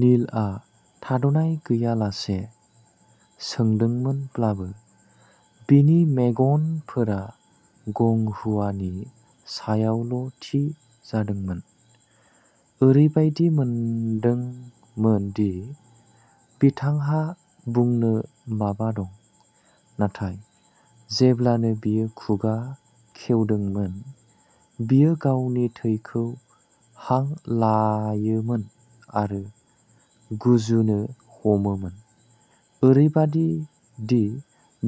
नीलआ थाद'नाय गैयालासे सोंदोंमोनब्लाबो, बिनि मेगनफोरा गं हुआनि सायावल'थि जादोंमोन। ओरैबायदि मोनदोंमोन दि बिथांहा बुंनो माबा दं। नाथाय जेब्लानो बियो खुगा खेवदोंमोन, बियो गावनि थैखौ हांलायोमोन आरो गुजुनो हमोमोन, ओरैबादि दि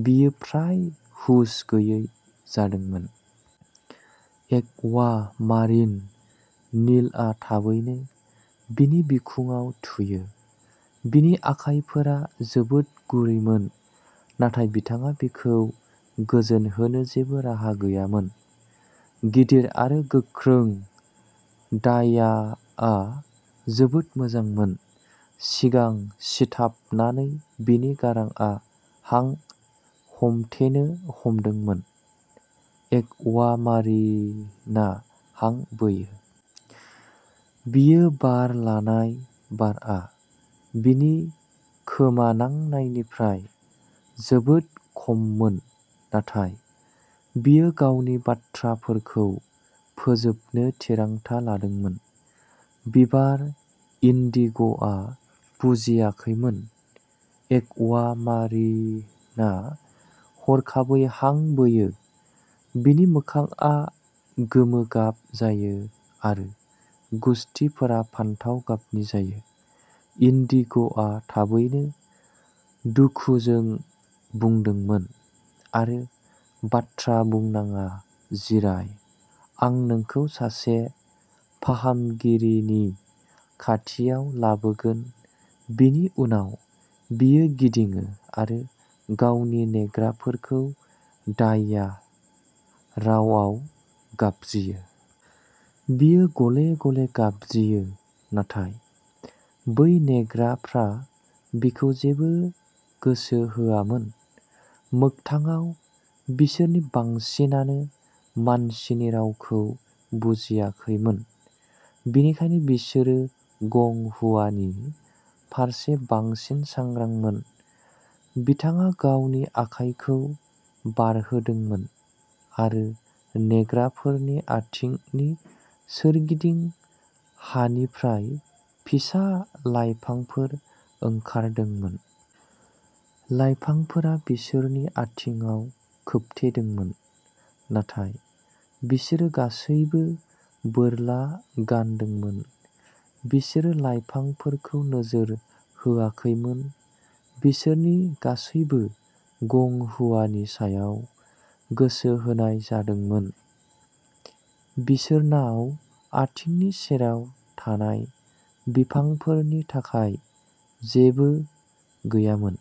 बियो फ्राय हुस गैयै जादोंमोन। एक्वामारिन नीलआ थाबैनो बिनि बिखुङाव थुयो, बिनि आखाइफोरा जोबोद गुरैमोन। नाथाय बिथाङा बिखौ गोजोन होनो जेबो राहा गैयामोन। गिदिर आरो गोख्रों दान्याआ जोबोद मोजांमोन। जिंगा सिथाबनानै बिनि गारांआ हां हमथेनो हमदोंमोन। एक्वामारिना हां बोयो। बियो बार लानाय बारआ बिनि खोमानांनायनिफ्राय जोबोद खममोन, नाथाय बियो गावनि बाथ्राफोरखौ फोजोबनो थिरांथा लादोंमोन। बिबार, इन्डिग'आ बुजियाखैमोन। एक्वामारिना हरखाबै हां बोयो, बिनि मोखांआ गोमो गाब जायो, आरो गुसथिफोरा फान्थाव गाबनि जायो। इन्डिग'आ थाबैनो दुखुजों बुंदोंमोन, आरो बाथ्रा बुंनाङा, जिराय आं नोंखौ सासे फाहामगिरिनि खाथियाव लाबोगोन बिनि उनाव बियो गिदिङो आरो गावनि नेग्राफोरखौ दान्या रावआव गाबज्रियो। बियो गले-गले गाबज्रियो, नाथाय बै नेग्राफ्रा बिखौ जेबो गोसो होआमोन। मोगथाङाव, बिसोरनि बांसिनानो मानसिनि रावखौ बुजियाखैमोन। बेनिखायनो बिसोरो गं हुआनि फारसे बांसिन सांग्रांमोन। बिथाङा गावनि आखायखौ बारहोदोंमोन, आरो नेग्राफोरनि आथिंनि सोरगिदिं हानिफ्राय फिसा लायफांफोर ओंखारदोंमोन। लायफांफोरा बिसोरनि आथिंआव खोबथेदोंमोन, नाथाय बिसोरो गासैबो बोरला गानदोंमोन, बिसोरो लायफांफोरखौ नोजोर होआखैमोन। बिसोरनि गासैबो। गं हुआनि सायाव गोसो होनाय जादोंमोन, बिसोरनाव आथिंनि सेराव थानाय बिफांफोरनि थाखाय जेबो गैयामोन।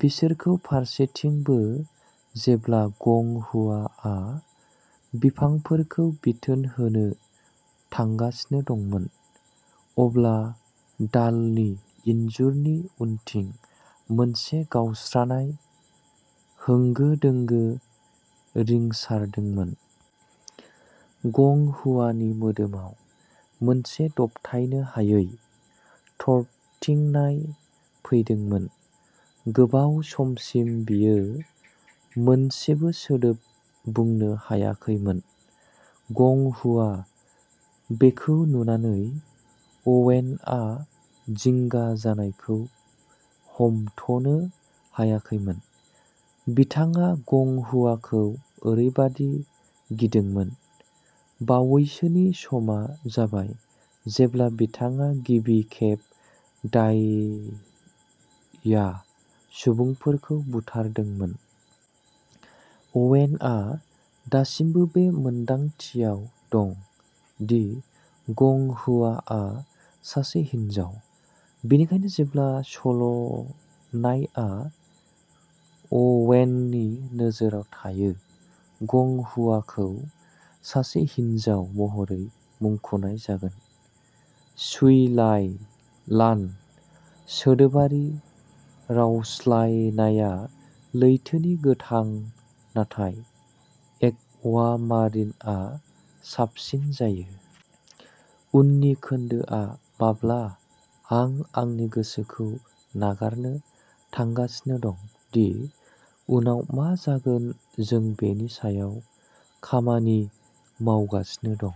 बिसोरखौ फारसेथिं बो। जेब्ला गं हुआआ बिफांफोरखौ बिथोन होनो थांगासिनो दंमोन, अब्ला दालनि इनजुरनि उनथिं मोनसे गावस्रानाय होंगो दोंगो रिंसारदोंमोन। गं हुआनि मोदोमाव मोनसे दबथायनो हायै थरथिंनाय फैदोंमोन। गोबाव समसिम, बियो मोनसेबो सोदोब बुंनो हायाखैमोन। गं हुआ बेखौ नुनानै, अवेनआ जिंगा जानायखौ हमथ'नो हायाखैमोन। बिथाङा गं हुआखौ ओरैबादि गिदोंमोन। बावैसोनि समा जाबाय जेब्ला बिथाङा गिबि खेब दाया सुबुंफोरखौ बुथारदोंमोन। अवेनआ दासिमबो बे मोनदांथियाव दं दि गं हुआआ सासे हिनजाव। बेनिखायनो जेब्ला सल'नायआ अवेननि नोजोराव थायो, गं हुआखौ सासे हिनजाव महरै मुंख'नाय जागोन।, शुइ लाय लान। सोदोबारि रावस्लायनाया लैथोनि गोथां, नाथाय एक्वामारिनआ साबसिन जायो। उननि खोन्दोआ माब्ला आं आंनि गोसोखौ नागारनो थांगासिनो दं दि उनाव मा जागोन जों बेनि सायाव खामानि मावगासिनो दं।